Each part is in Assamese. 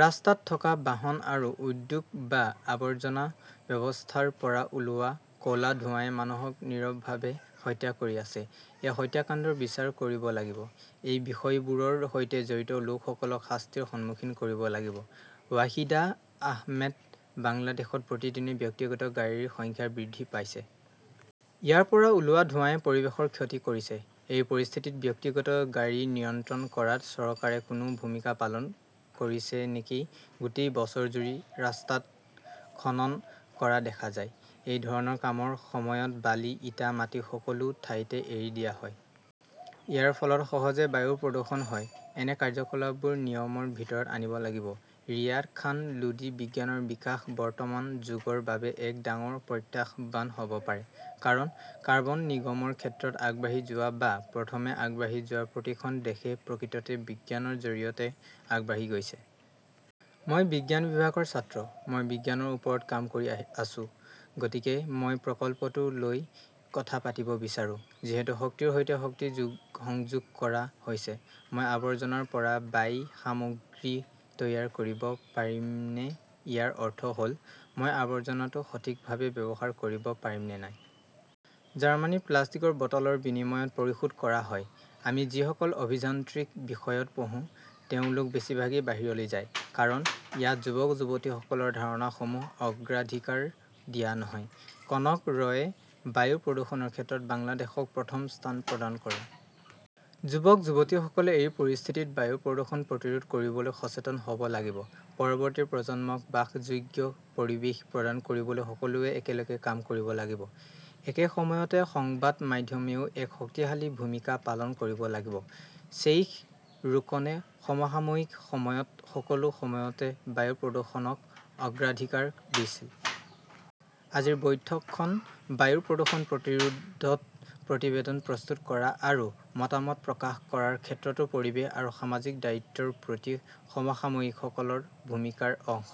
ৰাস্তাত থকা বাহন আৰু উদ্যোগ বা আৱৰ্জনা ব্যৱস্থাৰ পৰা ওলোৱা ক 'লা ধোঁৱাই মানুহক নীৰৱভাৱে হত্যা কৰি আছে। সেই হত্যাকাণ্ডৰ বিচাৰ কৰিব লাগিব। এই বিষয়বোৰৰ সৈতে জড়িত লোকসকলক শাস্তিৰ সন্মুখীন কৰিব লাগিব। ৱাহিদা আহমেদ বাংলাদেশত প্ৰতিদিনে ব্যক্তিগত গাড়ীৰ সংখ্যা বৃদ্ধি পাইছে। ইয়াৰ পৰা ওলোৱা ধোঁৱাই পৰিৱেশৰ ক্ষতি কৰিছে। এই পৰিস্থিতিত ব্যক্তিগত গাড়ী নিয়ন্ত্ৰণ কৰাত চৰকাৰে কোনো ভূমিকা পালন কৰিছে নেকি গোটেই বছৰজুৰি ৰাস্তাত খনন কৰা দেখা যায়। এই ধৰণৰ কামৰ সময়ত বালি, ইটা, মাটি সকলো ঠাইতে এৰি দিয়া হয়। ইয়াৰ ফলত সহজে বায়ু প্ৰদূষণ হয়। এনে কাৰ্যকলাপবোৰ নিয়মৰ ভিতৰত আনিব লাগিব। ৰিয়াদ খান লোদী বিজ্ঞানৰ বিকাশ বৰ্তমান যুগৰ বাবে এক ডাঙৰ প্ৰত্যাহ্বান হ 'ব পাৰে। কাৰণ, কাৰ্বন নিৰ্গমনৰ ক্ষেত্ৰত আগবাঢ়ি যোৱা বা প্ৰথমে আগবাঢ়ি যোৱা প্ৰতিখন দেশে প্ৰকৃততে বিজ্ঞানৰ জৰিয়তে আগবাঢ়ি গৈছে। মই বিজ্ঞান বিভাগৰ ছাত্ৰ। মই বিজ্ঞানৰ ওপৰত কাম কৰি আছো। গতিকে মই প্ৰকল্পটো লৈ কথা পাতিব বিচাৰো। যিহেতু শক্তিৰ সৈতে শক্তি সংযোগ কৰা হৈছে, মই আৱৰ্জনাৰ পৰা বাই সামগ্ৰী তৈয়াৰ কৰিব পাৰিমনে ইয়াৰ অৰ্থ হ’ল মই আৱৰ্জনাটো সঠিকভাৱে ব্যৱহাৰ কৰিব পাৰিম নে নাই। জাৰ্মানীত প্লাষ্টিকৰ বটলৰ বিনিময়ত পৰিশোধ কৰা হয়। আমি যিসকল অভিযান্ত্ৰিক বিষয়ত পঢ়োঁ, তেওঁলোক বেছিভাগেই বাহিৰলৈ যায়। কাৰণ, ইয়াত যুৱক-যুৱতীসকলৰ ধাৰণাসমূহক অগ্ৰাধিকাৰ দিয়া নহয়। কনক ৰয়ে বায়ু প্ৰদূষণৰ ক্ষেত্ৰত বাংলাদেশক প্ৰথম স্থান প্ৰদান কৰে। যুৱক-যুৱতীসকলে এই পৰিস্থিতিত বায়ু প্ৰদূষণ প্ৰতিৰোধ কৰিবলৈ সচেতন হ 'ব লাগিব। পৰৱৰ্তী প্ৰজন্মক বাসযোগ্য পৰিৱেশ প্ৰদান কৰিবলৈ সকলোৱে একেলগে কাম কৰিব লাগিব। একে সময়তে সংবাদ মাধ্যমেও এক শক্তিশালী ভূমিকা পালন কৰিব লাগিব। শ্বেইখ ৰোকনে সমসাময়িক সময়ত সকলো সময়তে বায়ু প্ৰদূষণক অগ্ৰাধিকাৰ দিছিল। আজিৰ বৈঠকখন বায়ু প্ৰদূষণ প্ৰতিৰোধত প্ৰতিবেদন প্ৰস্তুত কৰা আৰু মতামত প্ৰকাশ কৰাৰ ক্ষেত্ৰতো পৰিৱেশ আৰু সামাজিক দায়িত্বৰ প্ৰতি সমসাময়িকসকলৰ ভূমিকাৰ অংশ।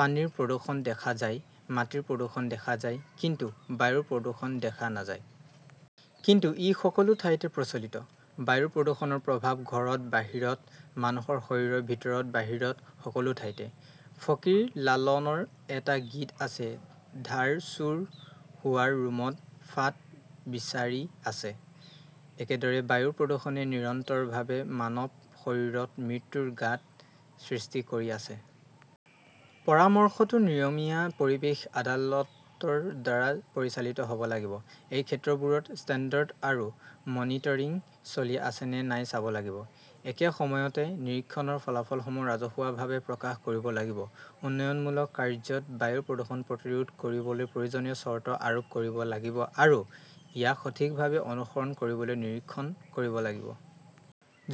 পানীৰ প্ৰদূষণ দেখা যায়, মাটিৰ প্ৰদূষণ দেখা যায়, কিন্তু বায়ুৰ প্ৰদূষণ দেখা নাযায়। কিন্তু ই সকলো ঠাইতে প্ৰচলিত। বায়ু প্ৰদূষণৰ প্ৰভাৱ ঘৰত-বাহিৰত, মানুহৰ শৰীৰৰ ভিতৰত-বাহিৰত, সকলো ঠাইতে। ফকীৰ লালনৰ এটা গীত আছে ধাৰ চোৰ হাৱাৰ ৰুমত ফাঁদ বিচাৰি আছে । একেদৰে, বায়ু প্ৰদূষণে নিৰন্তৰভাৱে মানৱ শৰীৰত মৃত্যুৰ গাঁত সৃষ্টি কৰি আছে। পৰামৰ্শটো নিয়মীয়া পৰিৱেশ আদালত ৰ দ্বাৰা পৰিচালিত হ' ব লাগিব। এই ক্ষেত্ৰবোৰত ষ্টেণ্ডাৰ্ড আৰু মনিটৰিং চলি আছে নে নাই চাব লাগিব। একে সময়তে, নিৰীক্ষণৰ ফলাফলসমূহ ৰাজহুৱাভাৱে প্ৰকাশ কৰিব লাগিব। উন্নয়নমূলক কাৰ্য্যত বায়ু প্ৰদূষণ প্ৰতিৰোধ কৰিবলৈ প্ৰয়োজনীয় চৰ্ত আৰোপ কৰিব লাগিব আৰু ইয়াক সঠিকভাৱে অনুসৰণ কৰিবলৈ নিৰীক্ষণ কৰিব লাগিব।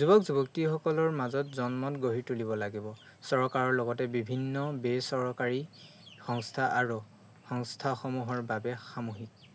যুৱক-যুৱতীসকলৰ মাজত জনমত গঢ়ি তুলিব লাগিব। চৰকাৰৰ লগতে বিভিন্ন বেচৰকাৰী সংস্থা আৰু সংস্থাসমূহৰ বাবে সামূহিক